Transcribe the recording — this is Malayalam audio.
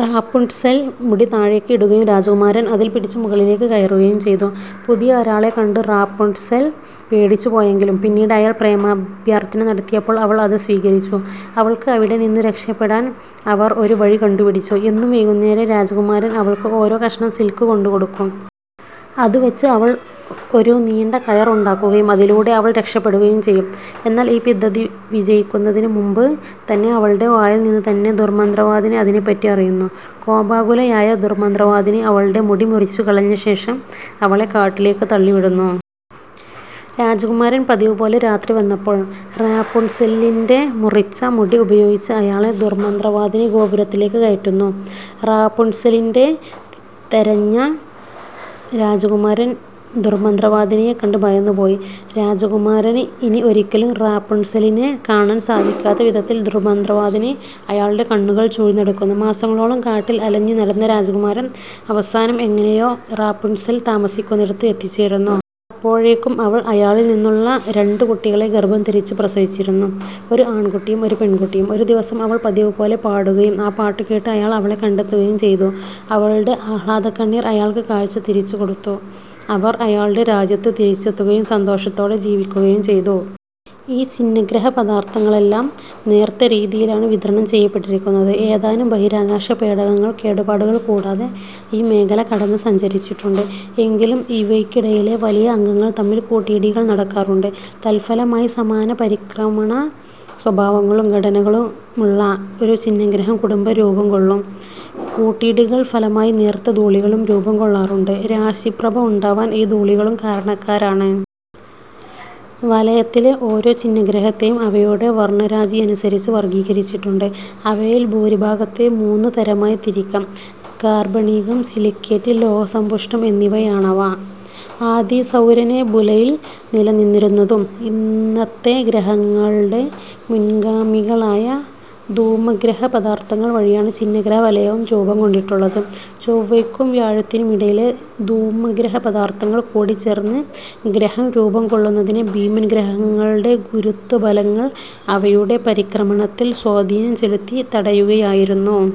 റാപുൻട്സെൽ മുടി താഴേയ്ക്ക് ഇടുകയും രാജകുമാരൻ അതിൽ പിടിച്ചു മുകളിലേയ്ക്കു കയറുകയും ചെയ്തു. പുതിയ ഒരാളെ കണ്ടു റാപുൻട്സെൽ പേടിച്ചു പോയെങ്കിലും പിന്നീട് അയാൾ പ്രേമാഭ്യർത്ഥന നടത്തിയപ്പോൾ അവൾ അത് സ്വീകരിച്ചു. അവൾക്കു അവിടെ നിന്നും രക്ഷപ്പെടാൻ അവർ ഒരു വഴി കണ്ടുപിടിച്ചു. എന്നും വൈകുന്നേരം രാജകുമാരൻ അവൾക്കു ഓരോ കഷണം സിൽക്ക് കൊണ്ടുകൊടുക്കും. അതു വെച്ച് അവൾ ഒരു നീണ്ട കയർ ഉണ്ടാക്കുകയും അതിലൂടെ അവൾ രക്ഷപ്പെടുകയും ചെയ്യും. എന്നാൽ ഈ പിദ്ധതി വിജയിയ്ക്കുന്നതിനു മുൻപ് തന്നെ അവളുടെ വായിൽ നിന്ന് തന്നെ ദുർമന്ത്രവാദിനി അതിനെപ്പറ്റി അറിയുന്നു. കോപാകുലയായ ദുർമന്ത്രവാദിനി അവളുടെ മുടി മുറിച്ചു കളഞ്ഞ ശേഷം അവളെ കാട്ടിലേയ്ക്ക് തള്ളിവിടുന്നു. രാജകുമാരൻ പതിവുപോലെ രാത്രി വന്നപ്പോൾ റാപുൻട്സെലിന്റെ മുറിച്ച മുടി ഉപയോഗിച്ച് അയാളെ ദുർമന്ത്രവാദിനി ഗോപുരത്തിലേയ്ക്ക് കയറ്റുന്നു. റാപുൻട്സെലിന്റെ തെരഞ്ഞ രാജകുമാരൻ ദുർമന്ത്രവാദിനിയെക്കണ്ട് ഭയന്നു പോയി. രാജകുമാരന് ഇനി ഒരിയ്ക്കലും റാപുൻട്സെലിനെ കാണാൻ സാധിയ്ക്കാത്ത വിധത്തിൽ ദുർമന്ത്രവാദിനി അയാളുടെ കണ്ണുകൾ ചൂഴ്ന്ന് എടുക്കുന്നു. മാസങ്ങളോളം കാട്ടിൽ അലഞ്ഞുനടന്ന രാജകുമാരൻ അവസാനം എങ്ങനെയോ റാപുൻട്സെൽ താമസിയ്ക്കുന്നിടത്തു എത്തിച്ചേരുന്നു. അപ്പോഴേയ്ക്കും അവൾ അയാളിൽ നിന്നുള്ള രണ്ടു കുട്ടികളെ ഗർഭം ധരിച്ചു പ്രസവിച്ചിരുന്നു. ഒരു ആൺകുട്ടിയും ഒരു പെൺകുട്ടിയും. ഒരു ദിവസം അവൾ പതിവുപോലെ പാടുകയും ആ പാട്ടു കേട്ട് അയാൾ അവളെ കണ്ടെത്തുകയും ചെയ്തു. അവളുടെ ആഹ്ലാദകണ്ണീർ അയാൾക്ക് കാഴ്ച തിരിച്ചുകൊടുത്തു. അവർ അയാളുടെ രാജ്യത്തു തിരിച്ചെത്തുകയും സന്തോഷത്തോടെ ജീവിയ്ക്കുകയും ചെയ്തു. ഈ ഛിന്നഗ്രഹ പദാർത്ഥങ്ങളെല്ലാം നേർത്തരീതിയിലാണ് വിതരണം ചെയ്യപ്പെട്ടിരിക്കുന്നത്, ഏതാനും ബഹിരാകാശപേടകങ്ങൾ കേടുപാടുകൾ കൂടാതെ ഈ മേഖല കടന്ന് സഞ്ചരിച്ചിട്ടുണ്ട്. എങ്കിലും ഇവയ്ക്കിടയിലെ വലിയ അംഗങ്ങൾ തമ്മിൽ കൂട്ടിയിടികൾ നടക്കാറുണ്ട്, തൽഫലമായി സമാന പരിക്രമണ സ്വഭാവങ്ങളും ഘടനകളുമുള്ള ഒരു ഛിന്നഗ്രഹം കുടുംബം രൂപം കൊള്ളും. കൂട്ടിയിടികൾ ഫലമായി നേർത്ത ധൂളികളും രൂപം കൊള്ളാറുണ്ട്, രാശി പ്രഭ ഉണ്ടാവാൻ ഈ ധൂളികളും കാരണക്കാരാണ്. വലയത്തിലെ ഓരോ ഛിന്നഗ്രഹത്തേയും അവയുടെ വർണ്ണരാജിയനുസരിച്ച് വർഗ്ഗീകരിച്ചിട്ടുണ്ട്, അവയിൽ ഭൂരിഭാഗത്തേയും മൂന്ന് തരമായി തിരിക്കാം: കാർബണീകം, സിലിക്കേറ്റ്, ലോഹസമ്പുഷ്ടം എന്നിവയാണവ. ആദി സൗരനെബുലയിൽ നിലനിന്നിരുന്നതും ഇന്നത്തെ ഗ്രഹങ്ങളുടെ മുൻഗാമികളായ ധൂമഗ്രഹപദാർത്ഥങ്ങൾ വഴിയാണ് ഛിന്നഗ്രഹ വലയവും രൂപം കൊണ്ടിട്ടുള്ളത്. ചൊവ്വയ്ക്കും വ്യാഴത്തിനുമിടയിലെ ധൂമഗ്രഹപദാർത്ഥങ്ങൾ കൂടിച്ചേർന്ന് ഗ്രഹം രൂപം കൊള്ളുന്നതിനെ ഭീമൻ ഗ്രഹങ്ങളുടെ ഗുരുത്വബലങ്ങൾ അവയുടെ പരിക്രമണത്തിൽ സ്വാധീനം ചെലുത്തി തടയുകയായിരുന്നു.